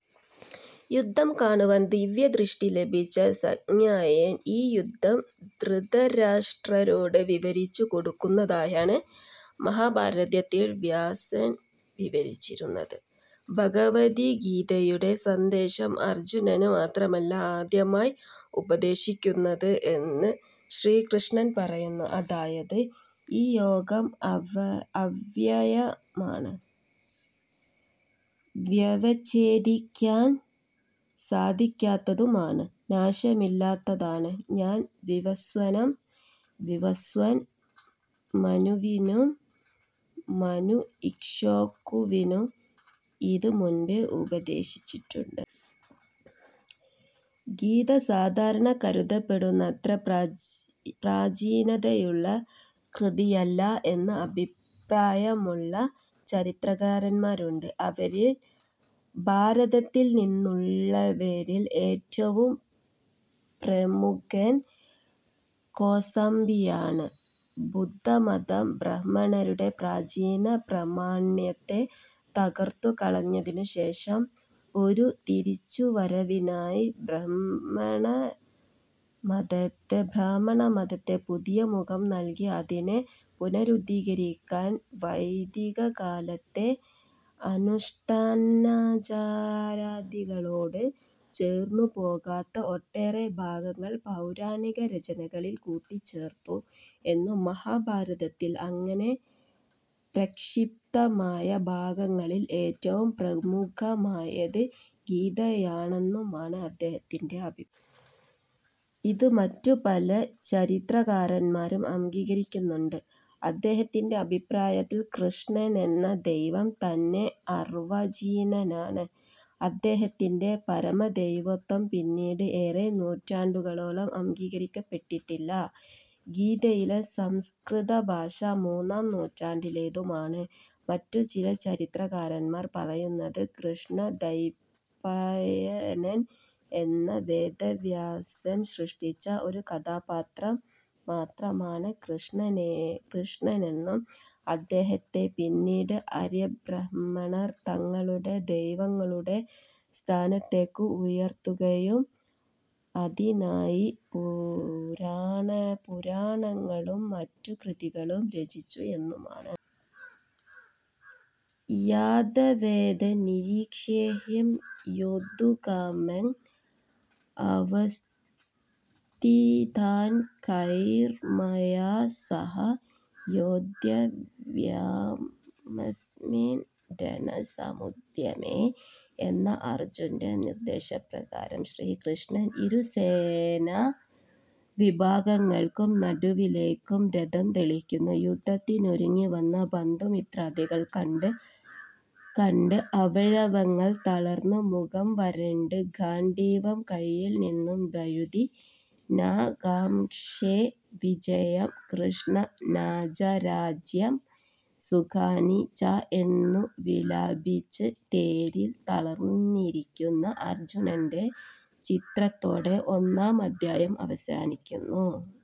യുദ്ധം കാണുവാൻ ദിവ്യദൃഷ്ടി ലഭിച്ച സഞ്ജയൻ ഈ യുദ്ധം ധൃതരാഷ്ട്രരോട് വിവരിച്ചു കൊടുക്കുന്നതായാണ് മഹാഭാരതത്തിൽ വ്യാസൻ വിവരിച്ചിരിക്കുന്നത്. ഭഗവദ്ഗീതയുടെ സന്ദേശം അർജ്ജുനന് മാത്രമല്ല ആദ്യമായി ഉപദേശിക്കുന്നത് എന്ന് ശ്രീകൃഷ്ണൻ പറയുന്നു. അതായത് ഈ യോഗം അവ്യയമാണ്, വ്യവച്ഛേദിക്കാൻ സാധിക്കാത്തതുമാണ്, നാശമില്ലാത്തതാണ്. ഞാൻ വിവസ്വാനും, വിവസ്വാൻ മനുവിനും മനു ഇക്ഷ്വാകു വിനും ഇത് മുൻപേ ഉപദേശിച്ചിട്ടുണ്ട്. ഗീത സാധാരണ കരുതപ്പെടുന്നത്ര പ്രാചീനതയുള്ള കൃതിയല്ല എന്ന് അഭിപ്രായമുള്ള ചരിത്രകാരന്മാരുണ്ട്. അവരിൽ ഭാരതത്തിൽ നിന്നുള്ളവരിൽ ഏറ്റവും പ്രമുഖൻ കോസാംബിയാണ്. ബുദ്ധമതം ബ്രാഹ്മണരുടെ പ്രാചീനപ്രാമാണ്യത്തെ തകർത്തു കളഞ്ഞതിനുശേഷം ഒരു തിരിച്ചു വരവിനായി ബ്രാഹ്മണമതത്തെ പുതിയ മുഖം നൽകി അതിനെ പുനരുദ്ധരിക്കാൻ വൈദികകാലത്തെ അനുഷ്ഠാനാചാരാദികളോട് ചേർന്നു പോകാത്ത ഒട്ടേറെ ഭാഗങ്ങൾ പൗരാണിക രചനകളിൽ കൂട്ടിച്ചേർത്തു എന്നും മഹാഭാരത്തിൽ അങ്ങനെ പ്രക്ഷിപ്തമായ ഭാഗങ്ങളിൽ ഏറ്റവും പ്രമുഖമായത് ഗീതയാണെന്നുമാണു അദ്ദേഹത്തിന്റെ അഭിപ്രായം. ഇത് മറ്റു പല ചരിത്രകാരന്മാരും അംഗീകരിക്കുന്നുണ്ട്. അദ്ദേഹത്തിന്റെ അഭിപ്രായത്തിൽ, കൃഷ്ണനെന്ന ദൈവം തന്നെ അർവ്വാചീനനാണ്. അദ്ദേഹത്തിന്റെ പരമദൈവത്വം പിന്നീട് ഏറെ നൂറ്റാണ്ടുകളോളം അംഗീകരിക്കപ്പെട്ടില്ല. ഗീതയിലെ സംസ്കൃത ഭാഷ മൂന്നാം നൂറ്റാണ്ടിലേതുമാണ്. മറ്റു ചില ചരിത്രകാരന്മാർ പറയുന്നത് കൃഷ്ണദ്വൈപായനൻ എന്ന വേദവ്യാസൻ സൃഷ്ടിച്ച ഒരു കഥാപാത്രം മാത്രമാണ് കൃഷ്ണനെന്നും അദ്ദേഹത്തെ പിന്നീട് ആര്യബ്രാഹ്മണർ തങ്ങളുടെ ദൈവങ്ങളുടെ സ്ഥാനത്തേക്ക് ഉയർത്തുകയും അതിനായി പുരാണങ്ങളും മറ്റു കൃതികളും രചിച്ചു എന്നുമാണ്. യാദവേതാൻ നിരീക്ഷ്യേഹം യോദ്ധുകാമാൻ അവസ്ഥിതാൻകൈർമയാ സഹ യോദ്ധവ്യമസ്മിൻ രണസമുദ്യമേ. എന്ന അർജ്ജുനന്റെ നിർദ്ദേശപ്രകാരം ശ്രീകൃഷ്ണൻ ഇരുസേനാവിഭാഗങ്ങൾക്കും നടുവിലേയ്ക്കു രഥം തെളിയ്ക്കുന്നു. യുദ്ധത്തിനൊരുങ്ങിവന്ന ബന്ധുമിത്രാദികളെ കണ്ട് അവയവങ്ങൾ തളർന്ന്, മുഖം വരണ്ട്, ഗാണ്ഡീവം കൈയിൽന്നിന്നു വഴുതി, ന കാംക്ഷേ വിജയം കൃഷ്ണ ന ച രാജ്യം സുഖാനി ച എന്നു വിലപിച്ച് തേരിൽ തളർന്നിരിയ്ക്കുന്ന അർജ്ജുനന്റെ ചിത്രത്തോടെ ഒന്നാമദ്ധ്യായം അവസാനിയ്ക്കുന്നു.